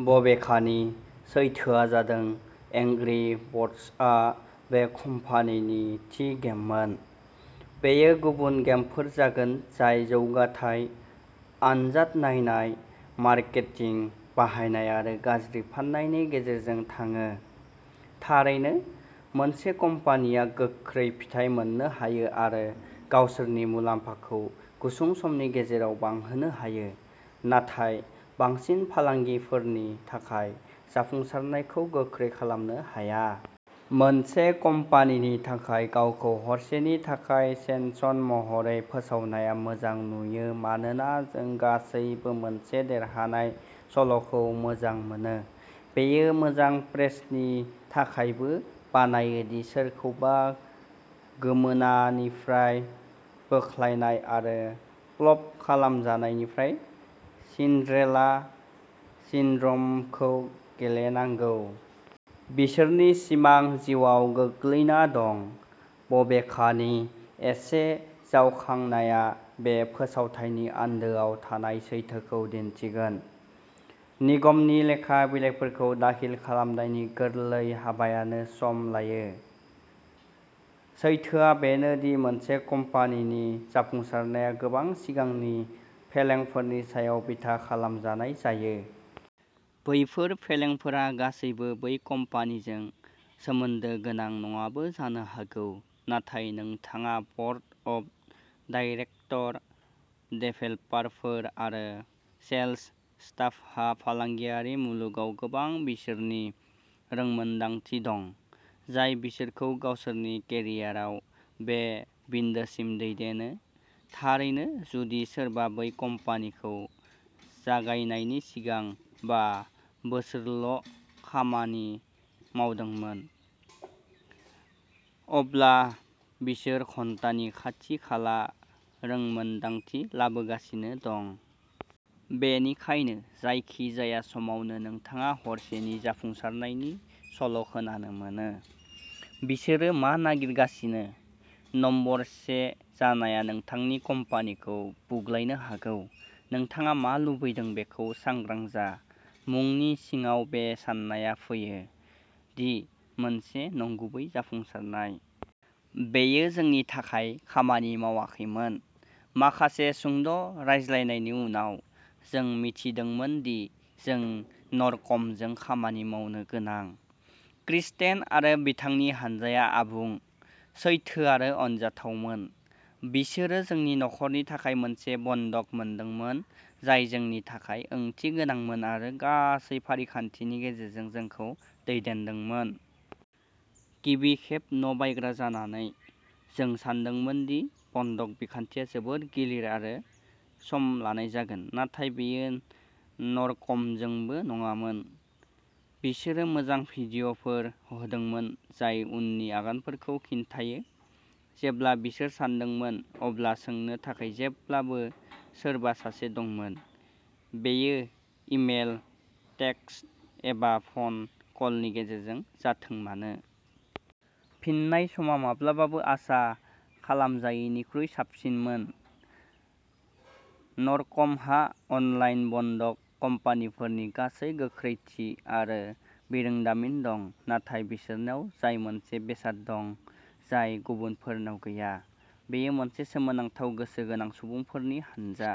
बबेखानि, सैथोआ जादों एंग्री बर्डसआ बे कम्पानिनि थि गेममोन। बेयो गुबुन गेमफोर जागोन जाय जौगाथाय, आनजाद नायनाय, मार्केटिं, बाहायनाय आरो गाज्रि फाननायनि गेजेरजों थाङो। थारैनो, मोनसे कम्पानिआ गोख्रै फिथाय मोननो हायो आरो गावसोरनि मुलाम्फाखौ गुसुं समनि गेजेराव बांहोनो हायो, नाथाय बांसिन फालांगिफोरनि थाखाय जाफुंसारनायखौ गोख्रै खालामनो हाया। मोनसे कम्पानिनि थाखाय गावखौ हरसेनि थाखाय सेनसेसन महरै फोसावनाया मोजां नुयो मानोना जों गासैबो मोनसे देरहानाय सल'खौ मोजां मोनो। बेयो मोजां प्रेसनि थाखायबो बानायो दि सोरखौबा गोमोनानिफ्राय बोख्लायनाय आरो प्लप खालामजानायनिफ्राय सिन्ड्रेला सिनड्रमखौ गेलेनांगौ। बिसोरनि सिमां जिउआव गोग्लैना दं। बबेखानि, एसे जावखांनाया बे फोसावथायनि आन्दोआव थानाय सैथोखौ दिन्थिगोन। निगमनि लेखा बिलाइफोरखौ दाखिल खालामनायनि गोरलै हाबायाबो सम लायो। सैथोआ बेनो दि मोनसे कम्पानिनि जाफुंसारनाया गोबां सिगांनि फेलेंफोरनि सायाव बिथा खालामजानाय जायो। बैफोर फेलेंफोरा गासैबो बै कम्पानिजों सोमोन्दो गोनां नङाबो जानो हागौ, नाथाय नोंथाङा ब'र्ड अफ डाइरेकटर, देभेलपारफोर आरो सेल्स स्टाफहा फालांगियारि मुलुगाव गोबां बोसोरनि रोंमोनदांथि दं, जाय बिसोरखौ गावसोरनि केरियारआव बे बिन्दोसिम दैदेनो। थारैनो, जुदि सोरबा बै कम्पानिखौ जागायनायनि सिगां बा बोसोरल'खामानि मावदोंमोन, अब्ला बिसोरो घन्टानि खाथि-खाला रोंमोनदांथि लाबोगासिनो दं। बेनिखायनो, जायखिजाया समावनो नोंथाङा हरसेनि जाफुंसारनायनि सल'खोनानो मोनो, "बिसोरो मा नागारगासिनो? " नम्बर से जानाया नोंथांनि कम्पानिखौ बुग्लायनो हागौ। "नोंथाङा मा लुबैदों बेखौ सांग्रां जा" मुंनि सिङाव बे साननाया फैयो दि मोनसे नंगुबै जाफुंसारनाय। बेयो जोंनि थाखाय खामानि मावाखैमोन। माखासे सुंद'रायज्लायनायनि उनाव, जों मिथिदोंमोन दि जों न'रकमजों खामानि मावनो गोनां। क्रिस्टेन आरो बिथांनि हान्जाया आबुं, सैथो आरो अनजाथावमोन। बिसोरो जोंनि न'खरनि थाखाय मोनसे बन्दक मोनदोंमोन जाय जोंनि थाखाय ओंथिगोनांमोन आरो गासै फारिखान्थिनि गेजेरजों जोंखौ दैदेनदोंमोन। गिबि खेब न'बायग्रा जानानै, जों सान्दोंमोन दि बन्दक बिखान्थिया जोबोद गिलिर आरो सम लानाय जागोन, नाथाय बेयो न'रकमजोंबो नङामोन। बिसोरो मोजां भिडिय'फोर होदोंमोन जाय उननि आगानफोरखौ खिन्थायो। जेब्ला बिसोर सोंदोंमोन अब्ला सोंनो थाखाय जेब्लाबो सोरबा सासे दंमोन, बेयो इमेल, टेक्सट, एबा फ'न कलनि गेजेरजों जाथों मानो। फिननाय समा माब्लाबाबो आसा खालामजायैनिख्रुइ साबसिनमोन। न'रकमहा अनलाइन बन्दक कम्पानिफोरनि गासैबो गोख्रैथि आरो बिरोंदामिन दं, नाथाय बिसोरनाव जाय मोनसे बेसाद दं जाय गुबुनफोरनाव गैया, बेयो मोनसे सोमोनांथाव गोसो गोनां सुबुंफोरनि हानजा।